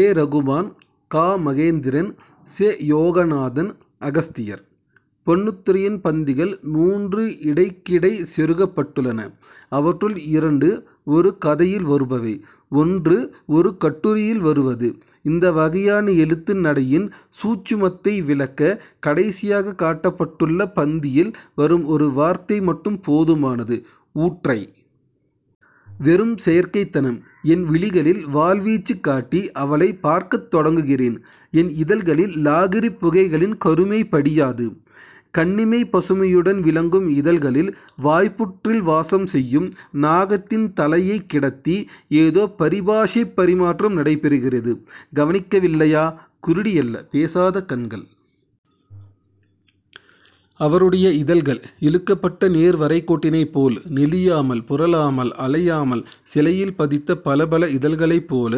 ஏ. ரகுமான், கா. மகேந்திரன், செ. யோகநாதன், அகஸ்தியர். பொன்னுத்துரையின் பந்திகள் மூன்று இடைக்கிடை செருகப்பட்டுள்ளன. அவற்றுள் இரண்டு ஒரு கதையில் வருபவை. ஒன்று ஒரு கட்டுரையில் வருவது. இந்த வகையான எழுத்து நடையின் 'சூட்சும'த்தை விளக்கக் கடைசியாகக் காட்டப்பட்டுள்ள பந்தியில் வரும் ஒரு வார்த்தை மட்டும் போதுமானது 'ஊற்றை. வெறும் செயற்கைத்தனம். என் விழிகளில் வாள்வீச்சுக் காட்டி அவளைப் பார்க்கத் தொடங்குகிறேன். என் இதழ்களில் லாகிரிப் புகைகளின் கருமை படியாது, கன்னிமைப் பசுமையுடன் விளங்கும் இதழ்களில் வாய்ப்புற்றில் வாசம் செய்யும் நாகத்தின் தலையைக் கிடத்தி..... ஏதோ பரிபாஷைப் பரிமாற்றம் நடைபெறுகிறது. கவனிக்கவில்லையா? குருடியல்ல. பேசாத கண்கள். அவருடைய இதழ்கள் இழுக்கப்பட்ட நேர் வரைக்கோட்டினைப்போல் நெளியாமல் புரளாமல் அலையாமல் சிலையில் பதித்த பளபள இதழ்களைப் போல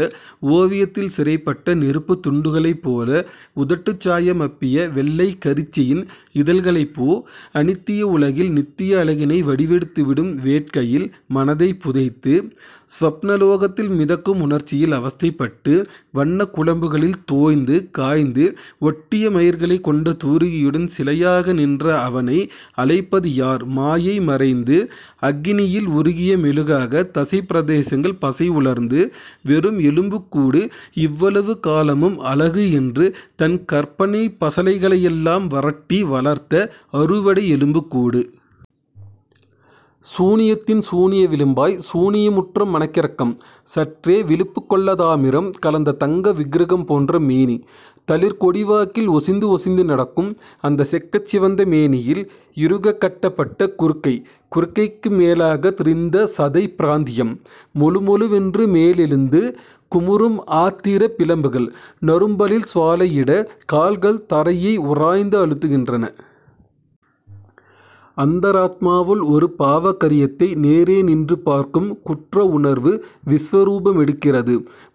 ஓவியத்தில் சிறைப்பட்ட நெருப்புத் துண்டுகளைப் போல உதட்டுச் சாயம் அப்பிய வெள்ளைக்கரிச்சியின் இதழ்களைப் போ அநித்திய உலகில் நித்திய அழகினை வடிவெடுத்துவிடும் வேட்கையில் மனதைப் புதைத்து, ஸ்வப்பனலோகத்தில் மிதக்கும் உணர்ச்சியில் அவஸ்த்தைப்பட்டு, வண்ணக் குழம்புகளில் தோய்ந்து, காய்ந்து, ஒட்டிய மயிர்களைக் கொண்ட தூரிகையுடன் சிலையாக நின்ற அவனை அழைப்பது யார் மாயை மறைந்து, அக்கினியில் உருகிய மெழுகாகத் தசைப் பிரதேசங்கள் பசை உலர்ந்து-வெறும் எலும்புக் கூடு இவ்வளவு காலமும் அழகு என்று தன் கற்பனைப் பசளைகளையெல்லாம் வரட்டி வளர்த்த அறுவடை எலும்புக்கூடு. சூனியத்தின் சூனிய விளிம்பாய் சூனியமுற்ற மனக்கிறக்கம் சற்றே விழிப்புக்கொள்ளதாமிரம் கலந்த தங்க விக்கிரகம் போன்ற மேனி. தளிர் கொடிவாக்கில் ஒசிந்து ஒசிந்து நடக்கும் அந்தச் செக்கச் சிவந்த மேனியில் இறுகக் கட்டப்பட்ட குறுக்கை குறுக்கைக்கு மேலாகத் ரிந்த சதைப் பிராந்தியம், மொழுமொழுவென்றுமேலெழுந்து குமுறும் ஆத்திரப் பிளம்புகள் நரும்பலில் சுவாலையிட கால்கள் தரையை உராய்ந்து அழுத்துகின்றன. அந்தராத்மாவுள் ஒரு பாவ கரியத்தை நேரே நின்று பார்க்கும் குற்ற உணர்வு விஸ்வரூபமெடுக்கிறது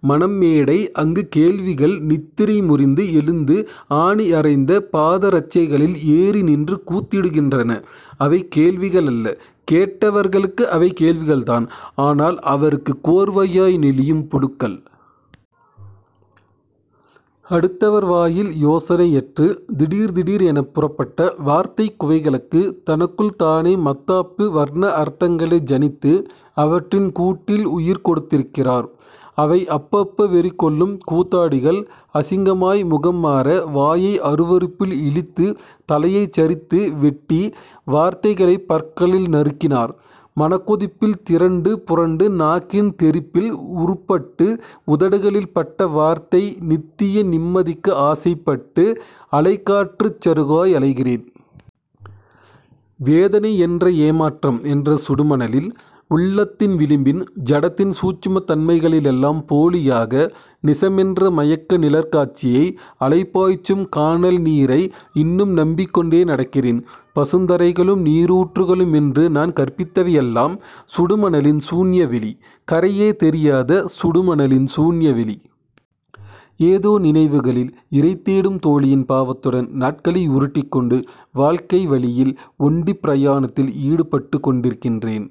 மனம் மேடை அங்கு கேள்விகள் நித்திரை முறிந்து எழுந்து ஆணி அறைந்த பாதரட்சைகளில் ஏறி நின்று கூத்திடுகின்றன. அவை கேள்விகளல்ல, கேட்டவர்களுக்கு அவை கேள்விகள்தான். ஆனால் அவருக்கு கோர்வையாய் நெளியும் புழுக்கள். அடுத்தவர் வாயில் யோசனையற்று, திடீர் திடீர் எனப் புறப்பட்ட வார்த்தைக் குவைகளுக்கு தனக்குள் தானே மத்தாப்பு வர்ண அர்த்தங்களை ஜனித்து, அவற்றின் கூட்டில் உயிர் கொடுத்திருக்கிறார். அவை அப்ப அப்ப வெறிகொள்ளும் கூத்தாடிகள் அசிங்கமாய் முகம் மாற வாயை அருவருப்பில் இழித்து தலையைச் சரித்து வெட்டி வார்த்தைகளைப் பற்களில் நறுக்கினார் மனக்கொதிப்பில் திரண்டு புரண்டு நாக்கின் தெறிப்பில் உருப்பட்டு உதடுகளில் பட்ட வார்த்தை நித்திய நிம்மதிக்கு ஆசைப்பட்டு, அலை காற்றுச் சருகாய் அலைகிறேன். வேதனை என்ற ஏமாற்றம் என்ற சுடு மணலில், உள்ளத்தின் விளிம்பின் ஜடத்தின் சூட்சுமத் தன்மைகளிலெல்லாம், போலியாக, நிசமென்ற மயக்க நிழற் காட்சியை, அலைபாய்ச்சும் கானல் நீரை இன்னும் நம்பிக்கொண்டே நடக்கிறேன். பசுந்தரைகளும் நீரூற்றுகளும் என்று நான் கற்பித்தவையெல்லாம், சுடுமணலின் சூன்ய வெளி. கரையே தெரியாத சுடுமணலின் சூன்யவெளி. ஏதோ நினைவுகளில் இரைதேடும் தோழியின் பாவத்துடன் நாட்களை உருட்டிக்கொண்டு, வாழ்க்கை வழியில் ஒண்டிப் பிரயாணத்தில் ஈடுபட்டிருக்கின்றேன்.